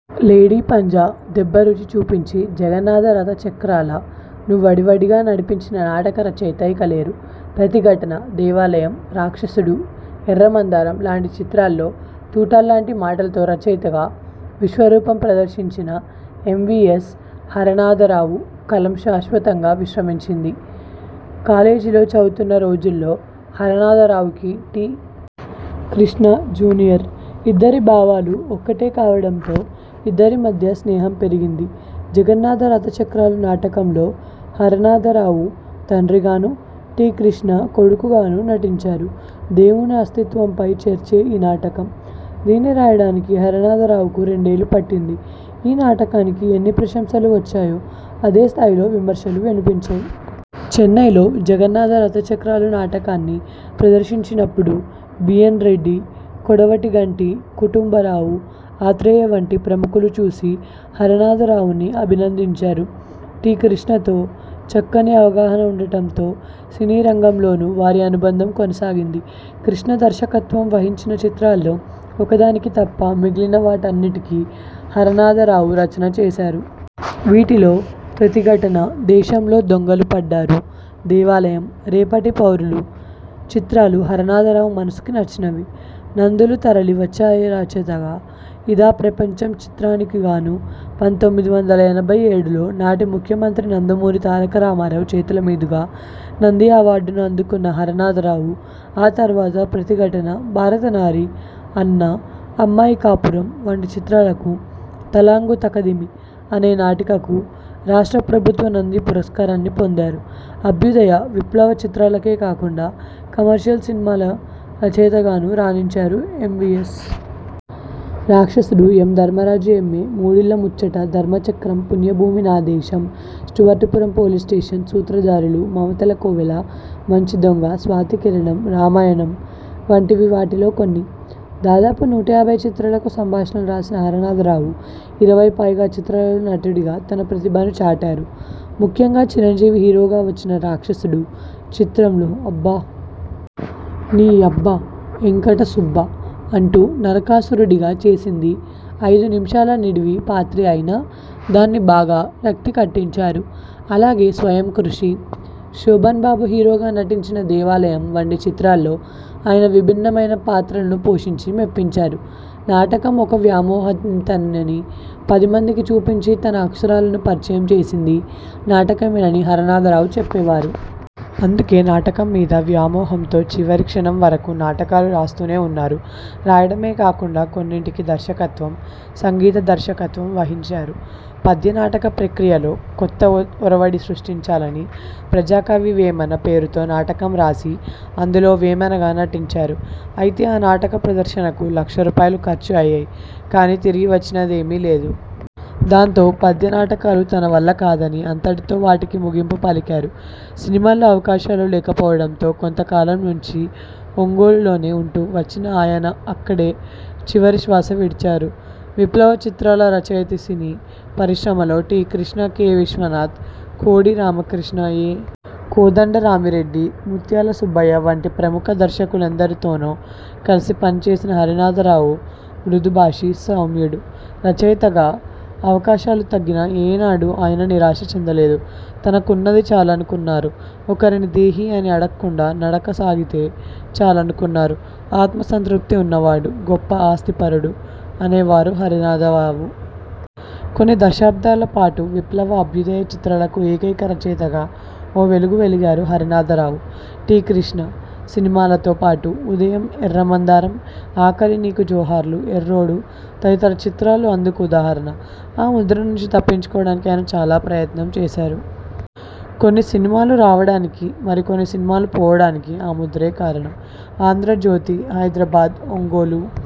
లేడి పంజా' దెబ్బ రుచి చూపించి, 'జగన్నాథ రథ చక్రాల'ను వడివడిగా నడిపించిన నాటక రచయిత ఇక లేరు. 'ప్రతిఘటన', 'దేవాలయం', 'రాక్షసుడు', 'ఎర్ర మందారం' లాంటి చిత్రాల్లో తూటాల్లాంటి మాటలతో రచయితగా విశ్వరూపం ప్రదర్శించిన ఎంవీఎస్ హరనాథరావు కలం శాశ్వతంగా విశ్రమించింది. కాలేజీలో చదువుతున్న రోజుల్లో హరనాథరావుకి టి. కృష్ణ జూనియర్. ఇద్దరి భావాలూ ఒక్కటే కావడంతో ఇద్దరి మధ్యా స్నేహం పెరిగింది. 'జగన్నాథ రథచక్రాలు' నాటకంలో హరనాథరావు తండ్రిగానూ, టి. కృష్ణ కొడుకుగానూ నటించారు. దేవుని అస్తిత్వంపై చర్చే ఈ నాటకం. దీన్ని రాయడానికి హరనాథరావుకు రెండేళ్లు పట్టింది. ఈ నాటకానికి ఎన్ని ప్రశంసలు వచ్చాయో, అదే స్థాయిలో విమర్శలూ వినిపించాయి. చెన్నైలో 'జగన్నాథ రథచక్రాలు' నాటకాన్ని ప్రదర్శించినప్పుడు బి. ఎన్. రెడ్డి, కొడవటిగంటి కుటుంబరావు, ఆత్రేయ వంటి ప్రముఖులు చూసి హరనాథరావుని అభినందించారు. టి. కృష్ణతో చక్కని అవగాహన ఉండటంతో సినీరంగంలోనూ వారి అనుబంధం కొనసాగింది. కృష్ణ దర్శకత్వం వహించిన చిత్రాల్లో ఒకదానికి తప్ప మిగిలిన వాటన్నింటికీ హరనాథరావు రచన చేశారు. వీటిలో 'ప్రతిఘటన', 'దేశంలో దొంగలు పడ్డారు', 'దేవాలయం', 'రేపటి పౌరులు' చిత్రాలు హరనాథరావు మనసుకి నచ్చినవి. నందులు తరలి వచ్చాయిరచయితగా 'ఇదా ప్రపంచం' చిత్రానికిగాను పంతొమ్మిది వందల ఎనభై ఏడులో నాటి ముఖ్యమంత్రి నందమూరి తారకరామారావు చేతుల మీదుగా నంది అవార్డును అందుకున్న హరనాథరావు, ఆ తర్వాత 'ప్రతిఘటన', 'భారతనారి', 'అన్న', 'అమ్మాయి కాపురం' వంటి చిత్రాలకు, 'తళాంగు తకధిమి' అనే నాటికకు రాష్ట్రప్రభుత్వ నంది పురస్కారాన్ని పొందారు అభ్యుదయ, విప్లవ చిత్రాలకే కాకుండా కమర్షియల్ సినిమాల రచయితగానూ రాణించారు ఎంవీయస్. 'రాక్షసుడు', 'యం ధర్మరాజు ఎంఏ', 'మూడిళ్ల ముచ్చట', 'ధర్మచక్రం', 'పుణ్యభూమి నా దేశం', 'స్టూవర్ట్పురం పోలీస్ స్టేషన్', 'సూత్రధారులు', 'మమతల కోవెల', 'మంచి దొంగ', 'స్వాతి కిరణం', 'రామాయణం' వంటివి వాటిలో కొన్ని. దాదాపు నూట యాభై చిత్రాలకు సంభాషణలు రాసిన హరనాథరావు ఇరవై పైగా చిత్రాలలో నటుడిగా తన ప్రతిభను చాటారు ముఖ్యంగా చిరంజీవి హీరోగా వచ్చిన 'రాక్షసుడు' చిత్రంలో 'అబ్బా! నీ యబ్బా ఎంకట సుబ్బా! ' అంటూ నరకాసురుడిగా చేసింది ఐదు నిముషాల నిడివి పాత్రే అయినా దాన్ని బాగా రక్తి కట్టించారు. అలాగే 'స్వయంకృషి', శోభన్ బాబు హీరోగా నటించిన 'దేవాలయం' వంటి చిత్రాల్లో ఆయన విభిన్నమైన పాత్రలను పోషించి మెప్పించారు. నాటకం ఒక వ్యామోహంతనని పదిమందికీ చూపించి, తన అక్షరాలను పరిచయం చేసింది నాటకమేనని హరనాథరావు చెప్పేవారు. అందుకే నాటకం మీద వ్యామోహంతో చివరి క్షణం వరకూ నాటకాలు రాస్తూనే ఉన్నారు. రాయడమే కాకుండా కొన్నింటికి దర్శకత్వం, సంగీత దర్శకత్వం వహించారు. పద్యనాటక ప్రక్రియలో కొత్త ఒరవడి సృష్టించాలని 'ప్రజాకవి వేమన' పేరుతో నాటకం రాసి, అందులో వేమనగా నటించారు. అయితే ఆ నాటక ప్రదర్శనకు లక్ష రూపాయలు ఖర్చు అయ్యాయి కానీ తిరిగి వచ్చినదేమీ లేదు. దాంతో పద్య నాటకాలు తన వల్ల కాదని అంతటితో వాటికి ముగింపు పలికారు. సినిమాల్లో అవకాశాలు లేకపోవడంతో కొంత కాలం నుంచీ ఒంగోలులోనే ఉంటూ వచ్చిన ఆయన అక్కడే చివరి శ్వాస విడిచారు. విప్లవ చిత్రాల రచయితసినీ పరిశ్రమలో టి. కృష్ణ, కె. విశ్వనాథ్, కోడి రామకృష్ణ, ఎ. కోదండరామిరెడ్డి, ముత్యాల సుబ్బయ్య వంటి ప్రముఖ దర్శకులెందరితోనో కలిసి పనిచేసిన హరనాథరావు మృదుభాషి, సౌమ్యుడు. రచయితగా అవకాశాలు తగ్గినా ఏనాడూ ఆయన నిరాశ చెందలేదు. తనకున్నది చాలనుకున్నారు. ఒకరిని దేహీ అని అడక్కుండా నడక సాగితే చాలనుకున్నారు. 'ఆత్మసంతృప్తి ఉన్నవాడు గొప్ప ఆస్తిపరుడు' అనేవారు హరనాథరావు. కొన్ని దశాబ్దాల పాటు విప్లవ, అభ్యుదయ చిత్రాలకు ఏకైక రచయితగా ఓ వెలుగు వెలిగారు హరనాథరావు. టి. కృష్ణ సినిమాలతో పాటు 'ఉదయం', 'ఎర్ర మందారం', 'ఆకలీ నీకు జోహార్లు', 'ఎర్రోడు' తదితర చిత్రాలు అందుకు ఉదాహరణ. ఆ ముద్ర నుంచి తప్పించుకోవడానికి ఆయన చాలా ప్రయత్నం చేశారు. కొన్ని సినిమాలు రావడానికీ, మరి కొన్ని సినిమాలు పోవడానికీ ఆ ముద్రే కారణం. ఆంధ్రజ్యోతి, హైదరాబాద్, ఒంగోలు